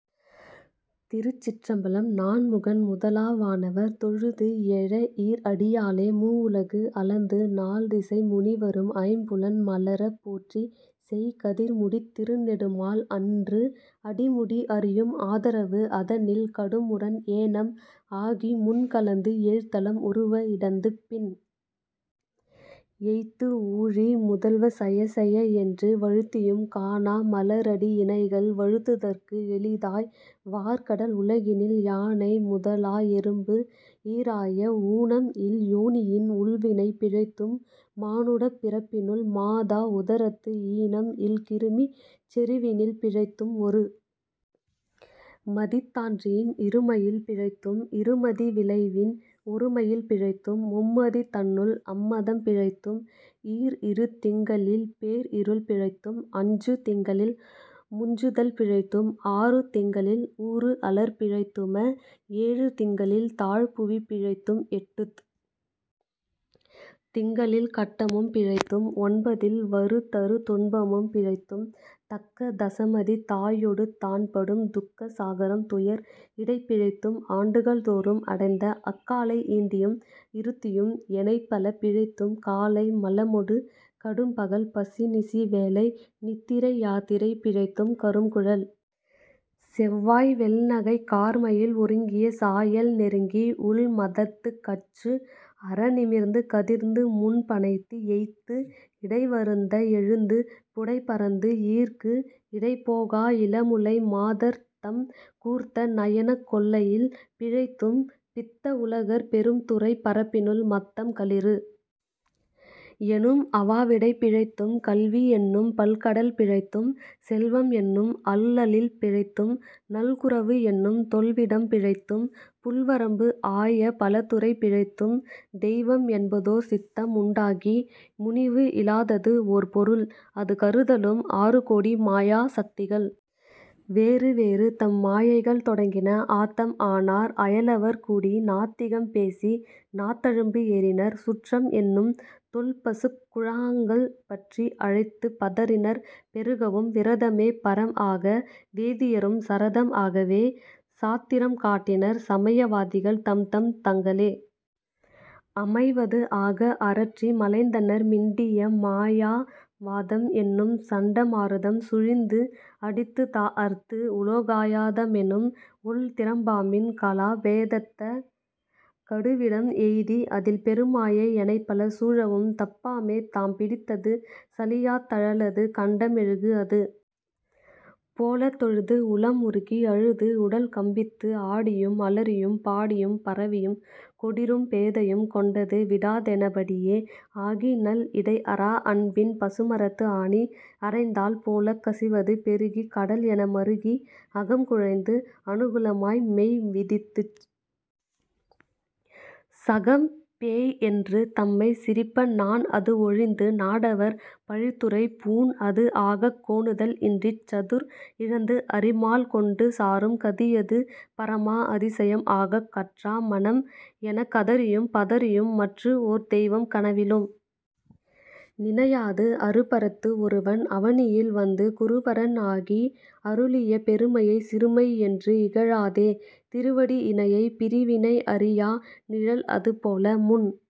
திருச்சிற்றம்பலம் நான்முகன் முதலா வானவர் தொழுது எழ ஈர் அடியாலே மூவுலகு அளந்து நால் திசை முனிவரும் ஐம்புலன் மலரப் போற்றி செய் கதிர்முடித் திருநெடுமால் அன்று அடிமுடி அறியும் ஆதரவு அதனில் கடும் முரண் ஏனம் ஆகிமுன் கலந்து ஏழ்தலம் உருவ இடந்து பின் எய்த்து ஊழி முதல்வ சயசய என்று வழுத்தியும் காணா மலர்அடி இணைகள் வழுத்துதற்கு எளிதாய் வார் கடல் உலகினில் யானை முதலா எறும்பு ஈறாய ஊனம் இல் யோனியின் உள்வினை பிழைத்தும் மானுடப் பிறப்பினுள் மாதா உதரத்து ஈனம் இல் கிருமிச் செருவினில் பிழைத்தும் ஒரு மதித் தான்றியின் இருமையில் பிழைத்தும் இருமதி விளைவின் ஒருமையில் பிழைத்தும் மும்மதி தன்னுள் அம்மதம் பிழைத்தும் ஈர் இரு திங்களில் பேர் இருள் பிழைத்தும் அஞ்சு திங்களில் முஞ்சுதல் பிழைத்தும் ஆறு திங்களில் ஊறு அலர் பிழைத்தும ஏழு திங்களில் தாழ் புவி பிழைத்தும் எட்டுத் திங்களில் கட்டமும் பிழைத்தும் ஒன்பதில் வருதரு துன்பமும் பிழைத்தும் தக்க தசமதி தாயொடு தான்படும் துக்க சாகரம் துயர் இடைப்பிழைத்தும் ஆண்டுகள் தோறும் அடைந்த அக்காலை ஈண்டியும் இருத்தியும் எனைப்பல பிழைத்தும் காலை மலமொடு கடும்பகல் பசி நிசி வேலை நித்திரை யாத்திரை பிழைத்தும் கரும்குழல் செவ்வாய் வெள்நகைக் கார்மயில் ஒருங்கிய சாயல் நெருங்கி உள் மதர்த்துக் கச்சு அற நிமிர்ந்து கதிர்ந்து முன் பணைத்து எய்த்து இடைவருந்த எழுந்து புடைபரந்து ஈர்க்கு இடைபோகா இளமுலை மாதர்தம் கூர்த்த நயனக் கொள்ளையில் பிழைத்தும் பித்த உலகர் பெரும் துறைப் பரப்பினுள் மத்தம் களிறு எனும் அவாவிடைப் பிழைத்தும் கல்வி என்னும் பல்கடல் பிழைத்தும் செல்வம் என்னும் அல்லலில் பிழைத்தும் நல்குரவு என்னும் தொல்விடம் பிழைத்தும் புல்வரம்பு ஆய பலதுறை பிழைத்தும் தெய்வம் என்பதோர் சித்தம் உண்டாகி முனிவு இலாதது ஓர் பொருள் அது கருதலும் ஆறு கோடி மாயா சக்திகள் வேறு வேறு தம் மாயைகள் தொடங்கின ஆத்தம் ஆனார் அயலவர் கூடி நாத்திகம் பேசி நாத்தழும்பு ஏறினர் சுற்றம் என்னும் தொல்பசுக் குழாங்கள் பற்றி அழைத்துப் பதறினர் பெருகவும் விரதமே பரம் ஆக வேதியரும் சரதம் ஆகவே சாத்திரம் காட்டினர் சமய வாதிகள் தம்தம் தங்களே அமைவது ஆக அரற்றி மலைந்தனர் மிண்டிய மாயா வாதம் என்னும் சண்ட மாருதம் சுழிந்து அடித்துத் தாஅர்த்து உலோகாய தமெனும் ஒள் திறப்பாம்பின் கலா பேதத்த கடுவிடம் எய்தி அதில் பெருமாயை எனைப்பல சூழவும் தப்பாமே தாம் பிடித்தது சலியாத் தழலது கண்ட மெழுகு அது போலத் தொழுது உளம் உருகி அழுது உடல்கம்பித்து ஆடியும் அலறியும் பாடியும் பரவியும் கொடிறும் பேதையும் கொண்டது விடாதென படியே ஆகி நல் இடைஅறா அன்பின் பசுமரத்து ஆணி அறைந்தால் போலக் கசிவது பெருகிக் கடல் என மறுகி அகம் குழைந்து அனுகுலமாய் மெய் விதிர்த்துச் சகம் பேய் என்று தம்மைச் சிரிப்ப நாண் அது ஒழிந்து நாடவர் பழித்துரை பூண் அது ஆகக் கோணுதல் இன்றிச் சதுர் இழந்து அறிமால் கொண்டு சாரும் கதியது பரமா அதிசயம் ஆகக் கற்றா மனம் எனக் கதறியும் பதறியும் மற்று ஓர் தெய்வம் கனவிலும் நினையாது அருபரத்து ஒருவன் அவனியில் வந்து குருபரன் ஆகி அருளிய பெருமையைச் சிறுமை என்று இகழாதே திருவடி இணையைப் பிறிவினை அறியா நிழல் அது போல முன்